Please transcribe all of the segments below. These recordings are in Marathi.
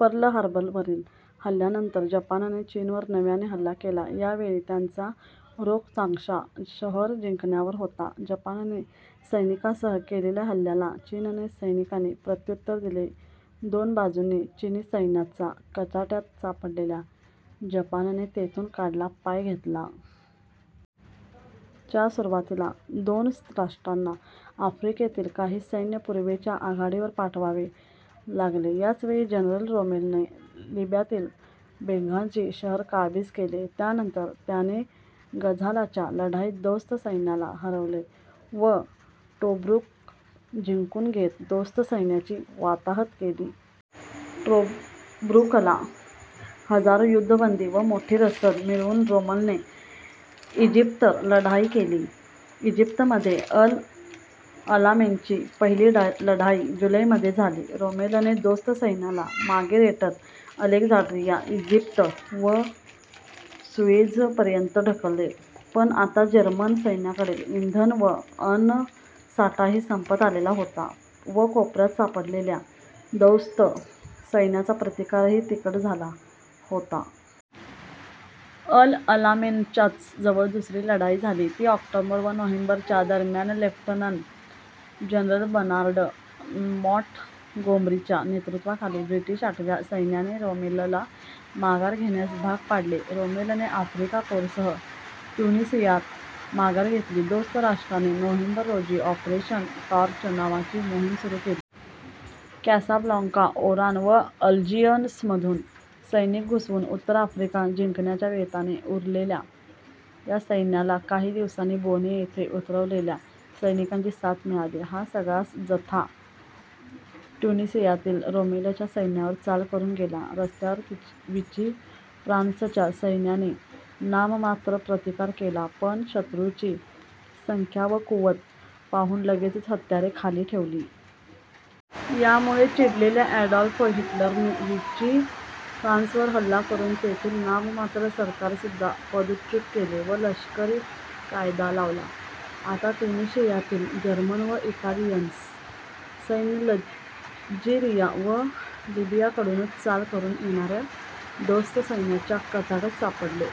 पर्ल हार्बरवरील हल्ल्यानंतर जपानने चीनवर नव्याने हल्ला केला. यावेळी त्यांचा रोख चांग्शा शहर जिंकण्यावर होता. जपानने सैनिकांसह केलेल्या हल्ल्याला चीनने सैनिकांनी प्रत्युत्तर दिले. दोन बाजूंनी चीनी सैन्याच्या कचाट्यात सापडलेल्या जपानने तेथून काढता पाय घेतला. च्या सुरुवातीला दोस्त राष्ट्रांना आफ्रिकेतील काही सैन्य पूर्वेच्या आघाडीवर पाठवावे लागले. याच वेळी जनरल रोमेलने लिब्यातील बेंगाझी शहर काबीज केले. त्यानंतर त्याने गझालाच्या लढाईत दोस्त सैन्याला हरवले व टोब्रुक जिंकून घेत दोस्त सैन्याची वाताहत केली. टोब्रुकला हजारो युद्धबंदी व मोठी रसद मिळवून रोमेलने इजिप्तवर चढाई केली. इजिप्तमध्ये अल अलामेनची पहिली लढाई जुलै मध्ये झाली. रोमेलने दोस्त सैन्याला मागे रेटत अलेक्झांड्रिया, इजिप्त व सुएझपर्यंत ढकलले पण आता जर्मन सैन्याकडील इंधन व अन्नसाठाही संपत आलेला होता व कोपऱ्यात सापडलेल्या दोस्त सैन्याचा प्रतिकारही तिखट झाला होता. अल अलामेनच्याच जवळ दुसरी लढाई झाली ती ऑक्टोबर व नोव्हेंबर च्या दरम्यान. लेफ्टनंट जनरल बर्नार्ड मॉॅंटगोमरीच्या नेतृत्वाखाली ब्रिटिश आठव्या सैन्याने रोमेलला माघार घेण्यास भाग पाडले. रोमेलने आफ्रिका कोरसह ट्युनिसियात माघार घेतली दोस्त राष्ट्रांनी नोव्हेंबर, रोजी ऑपरेशन टॉर्च नावाची मोहीम सुरू केली. कॅसाब्लांका, ओरान व अल्जीयर्समधून सैनिक घुसवून उत्तर आफ्रिका जिंकण्याच्या बेताने उतरलेल्या या सैन्याला काही दिवसांनी बोने येथे उतरलेल्या सैनिकांची साथ मिळाली. हा सगळा जथा ट्युनिसियातील रोमेलच्या सैन्यावर चाल करून गेला. रस्त्यात विची फ्रान्सच्या सैन्याने नाममात्र प्रतिकार केला पण शत्रूची संख्या व कुवत पाहून लगेचच हत्यारे खाली ठेवली. यामुळे चिडलेल्या ॲडॉल्फ हिटलरने वीचि फ्रान्सवर हल्ला करून तेथील नाममात्र सरकारसुद्धा पदच्युत केले व लष्करी कायदा लावला. आता ट्यूनीशियातील जर्मन व इटालियन सैन्य अल्जीरिया व लीबियाकडून चाल करून येणाऱ्या दोस्त सैन्याच्या कचाट्यात सापडले.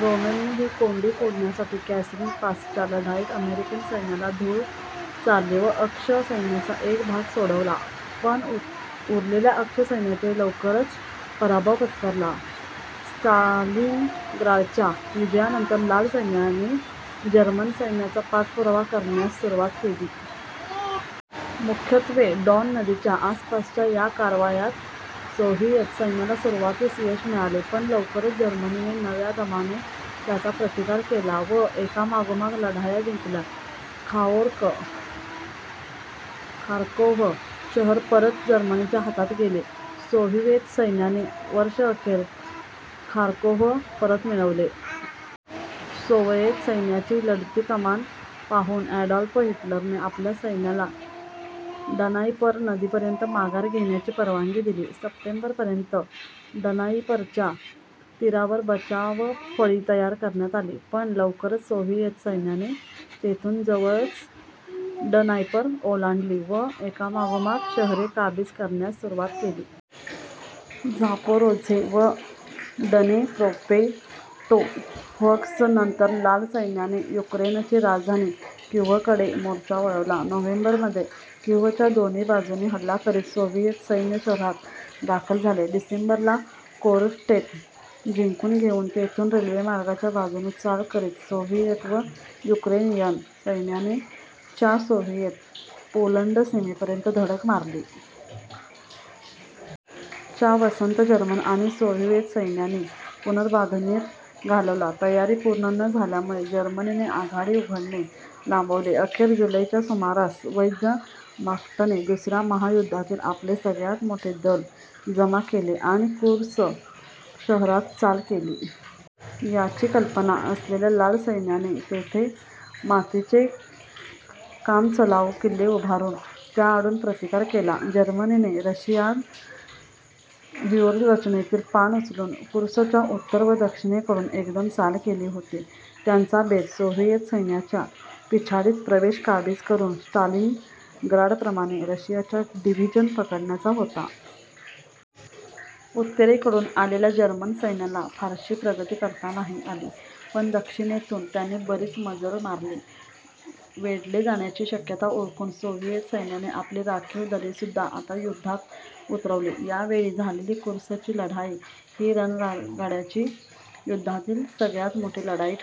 रोमेलने ही कोंडी फोडण्यासाठी कॅसरीन पासच्या लढाईत अमेरिकन सैन्याला धूळ चारली व अक्ष सैन्याचा एक भाग सोडवला. पण उरलेल्या अक्ष सैन्याने लवकरच पराभव पत्करला. स्टालिनग्राडच्या विजयानंतर लाल सैन्याने जर्मन सैन्याचा पाठपुरावा करण्यास सुरुवात केली. मुख्यत्वे डॉन नदीच्या आसपासच्या या कारवायात सोव्हिएत सैन्याला सुरुवातीस यश मिळाले पण लवकरच जर्मनीने नव्या दमाने त्यांचा प्रतिकार केला व एकामागोमाग लढाया जिंकल्या. खार्कोव्ह शहर परत जर्मनीच्या हातात गेले. सोव्हिएत सैन्याने वर्षअखेर खार्कोव्ह परत मिळवले. सोवयेत सैन्याची चढती कमान पाहून ॲडॉल्फ हिटलरने आपल्या सैन्याला ड्नाइपर नदीपर्यंत माघार घेण्याची परवानगी दिली. सप्टेंबरपर्यंत ड्नाइपरच्या तीरावर बचावफळी तयार करण्यात आली पण लवकरच सोव्हिएत सैन्याने तेथून जवळच ड्नाइपर ओलांडली व एकामागोमाग शहरे काबीज करण्यास सुरुवात केली. झापोरोझ्ये व ड्नेप्रोपेट्रोव्ह्स्क नंतर लाल सैन्याने युक्रेनची राजधानी क्यीव्हकडे मोर्चा वळवला. नोव्हेंबरमध्ये क्यीव्हच्या दोन्ही बाजूंनी हल्ला करीत सोव्हिएत सैन्य शहरात दाखल झाले. डिसेंबर ला कोरोस्टेन जिंकून घेउन तेथून रेल्वेमार्गाच्या बाजूने चाल करीत सोव्हिएत व युक्रेनियन सैन्याने च्या सोव्हिएत- पोलंड सीमेपर्यंत धडक मारली. चा वसंत जर्मन आणि सोव्हिएत सैन्यांनी पुनर्बांधणीत घालवला. तयारी पूर्ण न झाल्यामुळे जर्मनीने आघाडी उघडणे लांबवले. अखेर जुलै च्या सुमारास वेह्रमाख्टने दुसऱ्या महायुद्धातील आपले सगळ्यात मोठे दल जमा केले आणि कुर्स्क शहरावर चाल केली. याची कल्पना असलेल्या लाल सैन्याने येथे मातीचे कामचलाउ किल्ले उभारून त्याआडून प्रतिकार केला. जर्मनीने रशियन व्यूहरचनेतील पान उचलून कुर्स्कच्या उत्तर व दक्षिणेकडून एकदम चाल केली होती. त्यांचा बेत सोव्हिएत सैन्याच्या पिछाडीचा प्रदेश काबीज करून स्टालिनग्राडप्रमाणे रशियाच्या डिव्हिजन पकडण्याचा होता. उत्तरेकडून आलेल्या जर्मन सैन्याला फारशी प्रगती करता नाही आली पण दक्षिणेतून त्यांनी बरीच मजल मारली. वेढले जाण्याची शक्यता ओळखून सोव्हिएत सैन्याने आपली राखीव दलेसुद्धा आता युद्धात उतरवली. यावेळी झालेली कुर्स्कची लढाई ही रणगाड्यांची युद्धातील सगळ्यात मोठी लढाई ठरली.